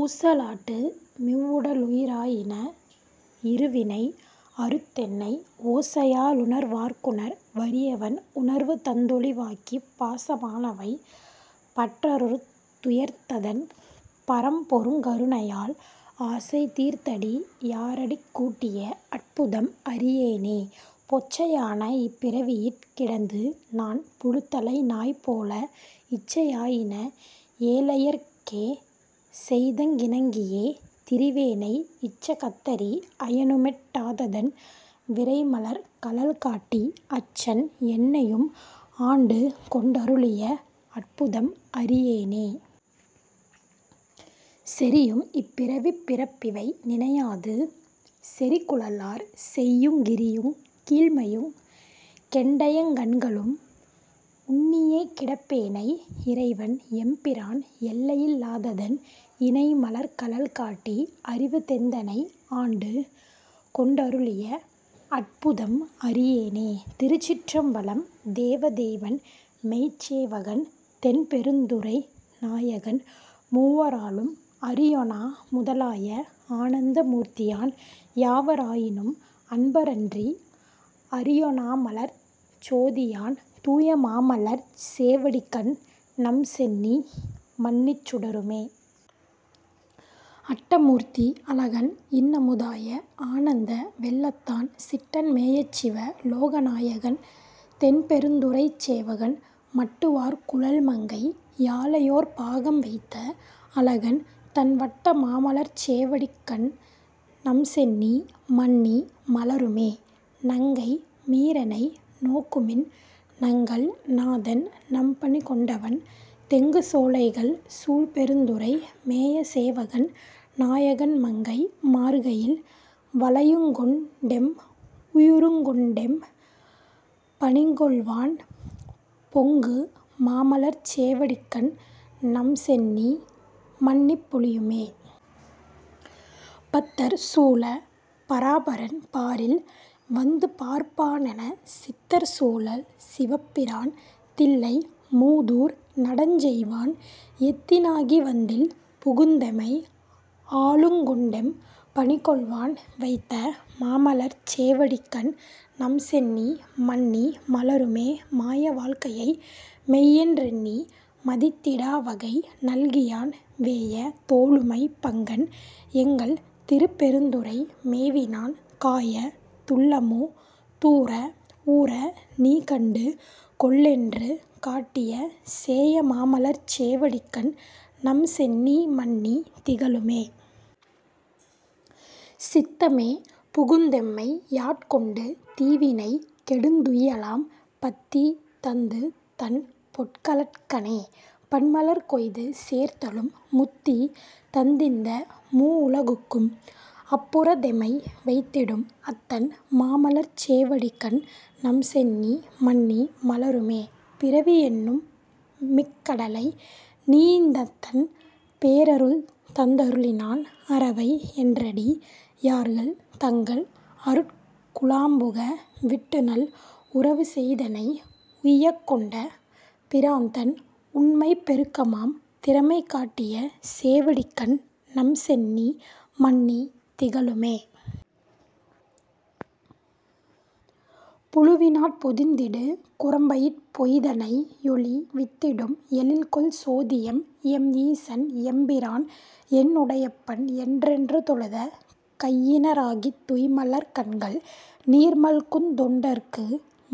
ஊச லாட்டுமிவ் வுடலுயி ராயின இருவினை அறுத்தென்னை ஓசையா லுணர் வார்க்குணர் வரியவன் உணர்வுதந் தொளிவாக்கிப் பாச மானவை பற்றறுத் துயர்ந்ததன் பரம்பொருங் கருணையால் ஆசை தீர்த்தடி யாரடிக் கூட்டிய அற்புதம் அறியேனே. பொச்சை யானஇப் பிறவியிற் கிடந்துநான் புழுத்தலை நாய்போல இச்சை யாயின ஏழையர்க் கேசெய்தங் கிணங்கியே திரிவேனை இச்ச கத்தரி அயனுமெட் டாததன் விரைமலர்க் கழல்காட்டி அச்சன் என்னையும் ஆண்டுகொண் டருளிய அற்புதம் அறியேனே. செறியும் இப்பிறவிப் பிறப்பிவை நினையாது செறிகுழலார் செய்யுங் கிறியுங் கீழ்மையுங் கெண்டையங் கண்களும் உன்னியே கிடப்பேனை இறைவன் எம்பிரான் எல்லையில் லாததன் இணைமலர்க் கழல்காட்டி அறிவு தந்தெனை ஆண்டுகொண் டருளிய அற்புதம் அறியேனே. திருச்சிற்றம்பலம் தேவ தேவன்மெய்ச் சேவகன் தென்பெ ருந்துறை நாயகன் மூவ ராலும் அறியொணாமுத லாய ஆனந்த மூர்த்தியான் யாவ ராயினும் அன்பரன்றி அறியொ ணாமலர்ச் சோதியான் தூயமாமலர்ச் சேவடிக்கண்நம் சென்னி மன்னிச் சுடருமே. அட்டமூர்த்தி அழகன்இன்னமு தாய ஆனந்த வெள்ளத்தான் சிட்டன் மேயச்சிவ லோகநாயகன் தென்பெ ருந்துறைச் சேவகன் மட்டு வார்குழல் மங்கை யாளையோர் பாகம் வைத்த அழகன்தன் வட்ட மாமலர்ச் சேவடிக் கண்நம் சென்னி மன்னி மலருமே. நங்கை மீரெனை நோக்குமின் நங்கள் நாதன் நம்பணி கொண்டவன் தெங்கு சோலைகள் சூழ்பெருந் துறை மேய சேவகன் நாயகன் மங்கை மார்கையில் வளையுங்கொண்டெம் உயிருங் கொண்டெம் பணிகொள்வான் பொங்கு மாமலர்ச் சேவடிக்கண்நம் சென்னி மன்னிப் பொலியுமே. பத்தர் சூழப் பராபரன் பாரில் வந்துபார்ப் பானெனச் சித்தர் சூழச் சிவபிரான் தில்லை மூதூர் நடஞ்செய்வான் எத்தனாகிவந் தில்புகுந்தெமை ஆளுங் கொண்டெம் பணிகொள்வான் வைத்த மாமலர்ச் சேவடிக்கண்நம் சென்னி மன்னி மலருமே. மாய வாழ்க்கையை மெய்யென் றெண்ணி மதித்திடா வகை நல்கியான் வேய தோளுமை பங்கன் எங்கள் திருப்பெ ருந்துறை மேவினான் காயத் துள்ளமு தூறஊறநீ கண்டு கொள்ளென்று காட்டிய சேய மாமலர்ச் சேவடிக்கண்நம் சென்னி மன்னி திகழுமே. சித்தமே புகுந் தெம்மையாட் கொண்டு தீவினை கெடுந் துய்யலாம் பத்தி தந்துதன் பொற்கழற்கணே பன்மலர் கொய்து சேர்த்தலும் முத்தி தந்திந்த மூவுலகுக்கும் அப்பு றத்தெமை வைத்திடும் அத்தன் மாமலர்ச் சேவடிக்கண்நம் சென்னி மன்னி மலருமே. பிறவி யென்னுமிக் கடலைநீந் தத்தன் பேரருள்தந் தருளினான் அறவை யென்றடி யார்கள் தங்கள் அருட்கு ழாம்புக விட்டுநல் உறவு செய்தெனை உய்யக்கொண்ட பிரான்தன் உண்மைப் பெருக்கமாம் திறமை காட்டிய சேவடிக்கண்நம் சென்னி மன்னி திகழுமே. புழுவி னாற்பொதிந் திடுகுரம்பையிற் பொய் தனையொழி வித்திடும் எழில்கொள் சோதியெம் ஈசன்எம்பிரான் என்னு டையப்பன் என்றென்று தொழுத கையின ராகித் துய்மலர்க் கண்கள் நீர்மல்குந் தொண்டர்க்கு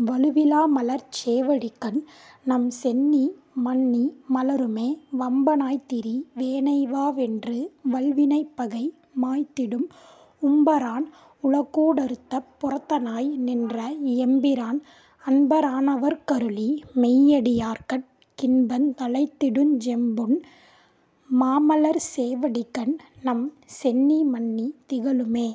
வழுவி லாமலர்ச் சேவடிக்கண்நம் சென்னி மன்னி மலருமே. வம்ப னாய்த்திரி வேனைவாவென்று வல்வி னைப்பகை மாய்த்திடும் உம்ப ரான்உல கூடறுத்தப் புறத்தனாய் நின்ற எம்பிரான் அன்பரானவர்க்கருளி மெய்யடி யார்கட் கின்பந் தழைந்திடுஞ் செம்பொன் மாமலர்ச் சேவடிக்கண்நம் சென்னி மன்னி திகழுமே.